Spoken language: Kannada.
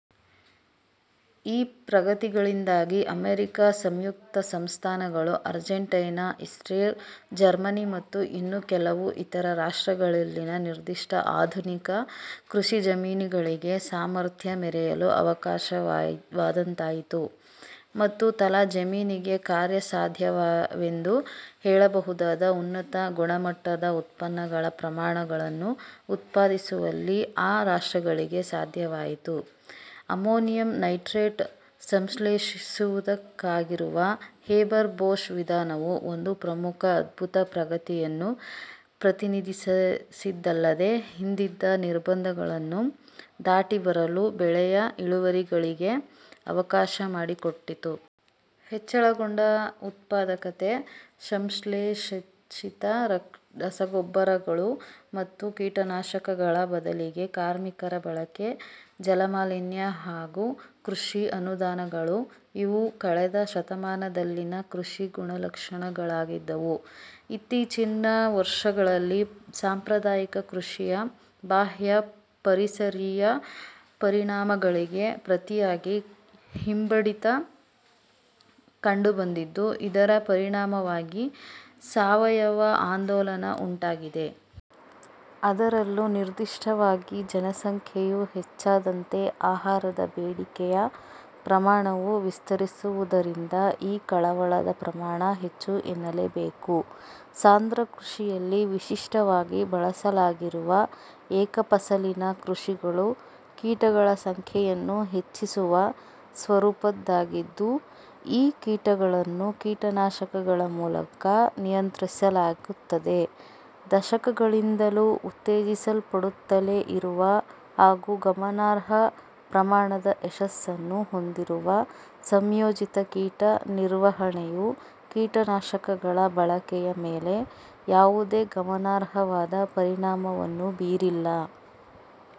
ಈ ಪ್ರಗತಿಗಳಿಂದಾಗಿ ಅಮೆರಿಕ ಸಂಯುಕ್ತ ಸಂಸ್ಥಾನಗಳು, ಅರ್ಜೆಂಟೈನಾ, ಇಸ್ರೇಲ್, ಜರ್ಮನಿ, ಮತ್ತು ಇನ್ನು ಕೆಲವು ಇತರ ರಾಷ್ಟ್ರಗಳಲ್ಲಿನ ನಿರ್ದಿಷ್ಟ ಆಧುನಿಕ ಕೃಷಿಜಮೀನುಗಳಿಗೆ ಸಾಮರ್ಥ್ಯ ಮೆರೆಯಲು ಅವಕಾಶವಾದಂತಾಯಿತು, ಮತ್ತು ತಲಾ ಜಮೀನಿಗೆ ಕಾರ್ಯಸಾಧ್ಯವೆಂದು ಹೇಳಬಹುದಾದ ಉನ್ನತ-ಗುಣಮಟ್ಟದ ಉತ್ಪನ್ನಗಳ ಪ್ರಮಾಣಗಳನ್ನು ಉತ್ಪಾದಿಸುವಲ್ಲಿ ಆ ರಾಷ್ಟ್ರಗಳಿಗೆ ಸಾಧ್ಯವಾಯಿತು. ಅಮೋನಿಯಂ ನೈಟ್ರೇಟ್ ಸಂಶ್ಲೇಷಿಸುವುದಕ್ಕಾಗಿರುವ ಹೇಬರ್-ಬೋಷ್ ವಿಧಾನವು ಒಂದು ಪ್ರಮುಖ ಅದ್ಭುತ ಪ್ರಗತಿಯನ್ನು ಪ್ರತಿನಿಧಿಸಿದ್ದಲ್ಲದೇ, ಹಿಂದಿದ್ದ ನಿರ್ಬಂಧಗಳನ್ನು ದಾಟಿಬರಲು ಬೆಳೆಯ ಇಳುವರಿಗಳಿಗೆ ಅವಕಾಶಮಾಡಿಕೊಟ್ಟಿತು. ಹೆಚ್ಚಳಗೊಂಡ ಉತ್ಪಾದಕತೆ, ಸಂಶ್ಲೇಷಿತ ರಸಗೊಬ್ಬರಗಳು ಮತ್ತು ಕೀಟನಾಶಕಗಳ ಬದಲಿಗೆ ಕಾರ್ಮಿಕರ ಬಳಕೆ, ಜಲಮಾಲಿನ್ಯ, ಹಾಗೂ ಕೃಷಿ ಅನುದಾನಗಳು- ಇವು ಕಳೆದ ಶತಮಾನದಲ್ಲಿನ ಕೃಷಿಯ ಗುಣಲಕ್ಷಣಗಳಾಗಿದ್ದವು. ಇತ್ತೀಚಿನ ವರ್ಷಗಳಲ್ಲಿ, ಸಾಂಪ್ರದಾಯಿಕ ಕೃಷಿಯ ಬಾಹ್ಯ ಪರಿಸರೀಯ ಪರಿಣಾಮಗಳಿಗೆ ಪ್ರತಿಯಾಗಿ ಹಿಂಬಡಿತ ಕಂಡುಬಂದಿದ್ದು, ಇದರ ಪರಿಣಾಮವಾಗಿ ಸಾವಯವ ಆಂದೋಲನ ಉಂಟಾಗಿದೆ. ಅದರಲ್ಲೂ ನಿರ್ದಿಷ್ಟವಾಗಿ, ಜನಸಂಖ್ಯೆಯು ಹೆಚ್ಚಾದಂತೆ ಆಹಾರದ ಬೇಡಿಕೆಯ ಪ್ರಮಾಣವೂ ವಿಸ್ತರಿಸುವುದರಿಂದ ಈ ಕಳವಳದ ಪ್ರಮಾಣ ಹೆಚ್ಚು ಎನ್ನಲೇಬೇಕು. ಸಾಂದ್ರ ಕೃಷಿಯಲ್ಲಿ ವಿಶಿಷ್ಟವಾಗಿ ಬಳಸಲಾಗಿರುವ ಏಕಫಸಲಿನ ಕೃಷಿಗಳು ಕೀಟಗಳ ಸಂಖ್ಯೆಯನ್ನು ಹೆಚ್ಚಿಸುವ ಸ್ವರೂಪದ್ದಾಗಿದ್ದು, ಈ ಕೀಟಗಳನ್ನು ಕೀಟನಾಶಕಗಳ ಮೂಲಕ ನಿಯಂತ್ರಿಸಲಾಗುತ್ತದೆ. "ದಶಕಗಳಿಂದಲೂ ಉತ್ತೇಜಿಸಲ್ಪಡುತ್ತಲೇ ಇರುವ ಹಾಗೂ ಗಮನಾರ್ಹ ಪ್ರಮಾಣದ ಯಶಸ್ಸನ್ನೂ ಹೊಂದಿರುವ" ಸಂಯೋಜಿತ ಕೀಟ ನಿರ್ವಹಣೆಯು, ಕೀಟನಾಶಕಗಳ ಬಳಕೆಯ ಮೇಲೆ ಯಾವುದೇ ಗಮನಾರ್ಹವಾದ ಪರಿಣಾಮವನ್ನೂ ಬೀರಿಲ್ಲ.